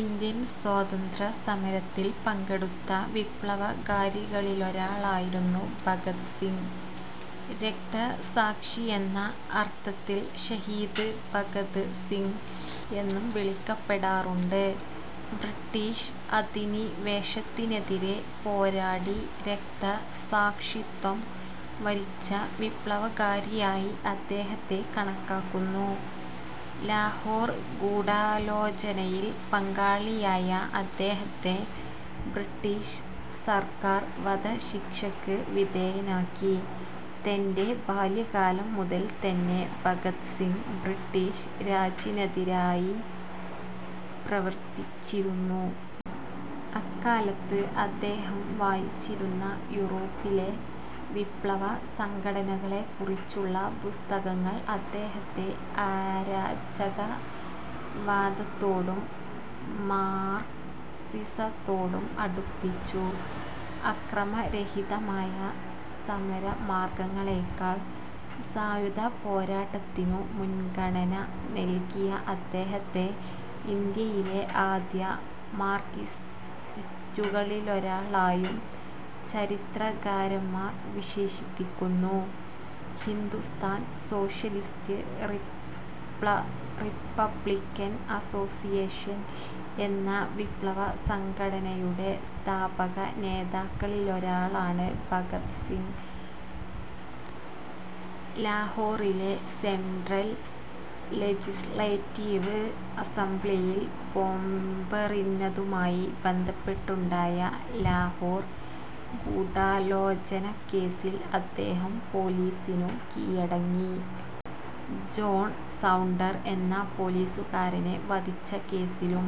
Indian സ്വാതന്ത്ര്യ സമരത്തിൽ പങ്കെടുത്ത വിപ്ലവകാരികളിലൊരാളായിരുന്നു ഭഗത് സിംഗ്. രക്തസാക്ഷി എന്ന അർത്ഥത്തിൽ ശഹീദ് ഭഗത് സിങ് എന്നും വിളിക്കപ്പെടാറുണ്ട്. ബ്രിട്ടീഷ് അധിനിവേശത്തിനെതിരെ പോരാടി രക്തസാക്ഷിത്വം വരിച്ച വിപ്ലവകാരിയായി അദ്ദേഹത്തെ കണക്കാക്കുന്നു. ലാഹോർ ഗൂഢാലോചനയിൽ പങ്കാളിയായ അദ്ദേഹത്തെ ബ്രിട്ടീഷ് സർക്കാർ വധശിക്ഷക്ക് വിധേയനാക്കി. തന്റെ ബാല്യകാലം മുതൽതന്നെ ഭഗത് സിംഗ്, ബ്രിട്ടീഷ് രാജിനെതിരായി പ്രവർത്തിച്ചിരുന്നു. അക്കാലത്ത് അദ്ദേഹം വായിച്ചിരുന്ന യൂറോപിലെ വിപ്ലവ സംഘടനകളെക്കുറിച്ചുള്ള പുസ്തകങ്ങൾ അദ്ദേഹത്തെ അരാജകവാദത്തോടും മാർക്സിസത്തോടും അടുപ്പിച്ചു. അക്രമരഹിതമായ സമരമാർഗങ്ങളേക്കാൾ സായുധപോരാട്ടത്തിനു മുൻഗണന നൽകിയ അദ്ദേഹത്തെ ഇന്ത്യയിലെ ആദ്യ മാർക്സിസ്റ്റുകളിലൊരാളായും ചരിത്രകാരന്മാർ വിശേഷിപ്പിക്കുന്നു. ഹിന്ദുസ്ഥാൻ സോഷ്യലിസ്റ്റ് റിപ്പബ്ലിക്കൻ അസ്സോസ്സിയേഷൻ എന്ന വിപ്ലവസംഘടനയുടെ സ്ഥാപകനേതാക്കളിലൊരാളാണ് ഭഗത് സിംഗ്. ലാഹോറിലെ സെൻട്രൽ ലെജിസ്ലേറ്റീവ് അസംബ്ലിയിൽ ബോംബെറിഞ്ഞതുമായി ബന്ധപ്പെട്ടുണ്ടായ ലാഹോർ ഗൂഢാലോചനക്കേസിൽ അദ്ദേഹം പോലീസിനു കീഴടങ്ങി. ജോൺ സൗണ്ടർ എന്ന പോലീസുകാരനെ വധിച്ച കേസിലും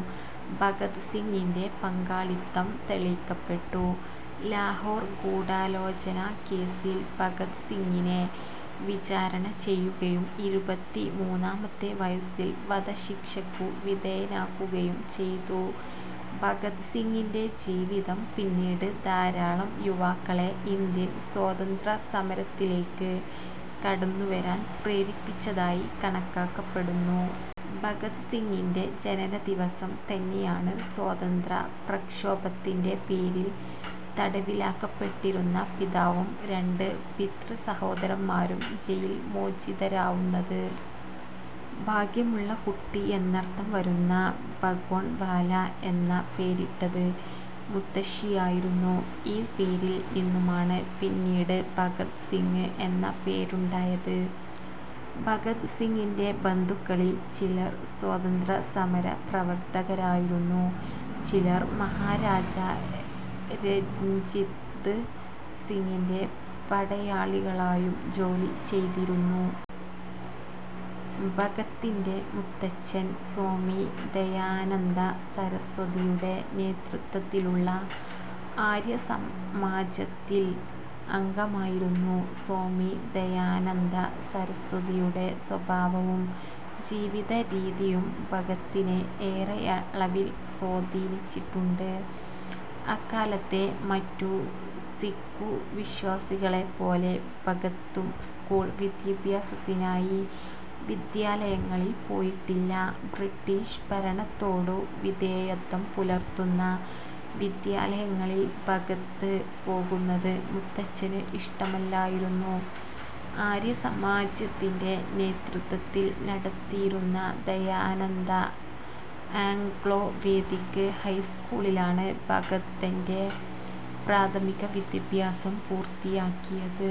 ഭഗത് സിംഗിന്റെ പങ്കാളിത്തം തെളിയിക്കപ്പെട്ടു. ലാഹോർ ഗൂഢാലോചനാ കേസ്സിൽ ഭഗത് സിംഗിനെ വിചാരണ ചെയ്യുകയും ഇരുപത്തിമൂന്നാമത്തെ വയസ്സിൽ വധശിക്ഷക്കു വിധേയനാക്കുകയും ചെയ്തു. ഭഗത് സിംഗിന്റെ ജീവിതം പിന്നീട് ധാരാളം യുവാക്കളെ ഇന്ത്യൻ സ്വാതന്ത്ര്യസമരത്തിലേക്ക് കടന്നുവരാൻ പ്രേരിപ്പിച്ചതായി കണക്കാക്കപ്പെടുന്നു. ഭഗത് സിംഗിന്റെ ജനനദിവസം തന്നെയാണ് സ്വാതന്ത്ര്യപ്രക്ഷോഭത്തിന്റെ പേരിൽ തടവിലാക്കപ്പെട്ടിരുന്ന പിതാവും രണ്ട് പിതൃസഹോദരന്മാരും ജയിൽമോചിതരാവുന്നത്. ഭാഗ്യമുള്ള കുട്ടി എന്നർത്ഥം വരുന്ന ഭഗോൺവാല എന്ന പേരിട്ടത് മുത്തശ്ശിയായിരുന്നു. ഈ പേരിൽ നിന്നുമാണ് പിന്നീട് ഭഗത് സിംഗ് എന്ന പേരുണ്ടായത്. ഭഗത് സിംഗിന്റെ ബന്ധുക്കളിൽ ചിലർ സ്വാതന്ത്ര്യസമരപ്രവർത്തകരായിരുന്നു, ചിലർ മഹാരാജാ രഞ്ജിത് സിങ്ങിന്റെ പടയാളികളായും ജോലി ചെയ്തിരുന്നു. ഭഗത്തിന്റെ മുത്തച്ഛൻ, സ്വാമി ദയാനന്ദസരസ്വതിയുടെ നേതൃത്വത്തിലുള്ള ആര്യസമാജത്തിൽ അംഗമായിരുന്നു. സ്വാമി ദയാനന്ദസരസ്വതിയുടെ സ്വഭാവവും ജീവിതരീതിയും ഭഗത്തിനെ ഏറെയളവിൽ സ്വാധീനിച്ചിട്ടുണ്ട്. അക്കാലത്തെ മറ്റു സിഖു വിശ്വാസികളെപ്പോലെ ഭഗത്തും സ്കൂൾ വിദ്യാഭ്യാസത്തിനായി വിദ്യാലയങ്ങളിൽ പോയിട്ടില്ല. ബ്രിട്ടീഷ് ഭരണത്തോടു വിധേയത്വം പുലർത്തുന്ന വിദ്യാലയങ്ങളിൽ ഭഗത്ത് പോകുന്നത് മുത്തച്ഛന് ഇഷ്ടമല്ലായിരുന്നു. ആര്യസമാജത്തിന്റെ നേതൃത്വത്തിൽ നടത്തിയിരുന്ന ദയാനന്ദ ആംഗ്ലോ വേദിക്ക് ഹൈസ്കൂളിലാണ് ഭഗത് തന്റെ പ്രാഥമിക വിദ്യാഭ്യാസം പൂർത്തിയാക്കിയത്.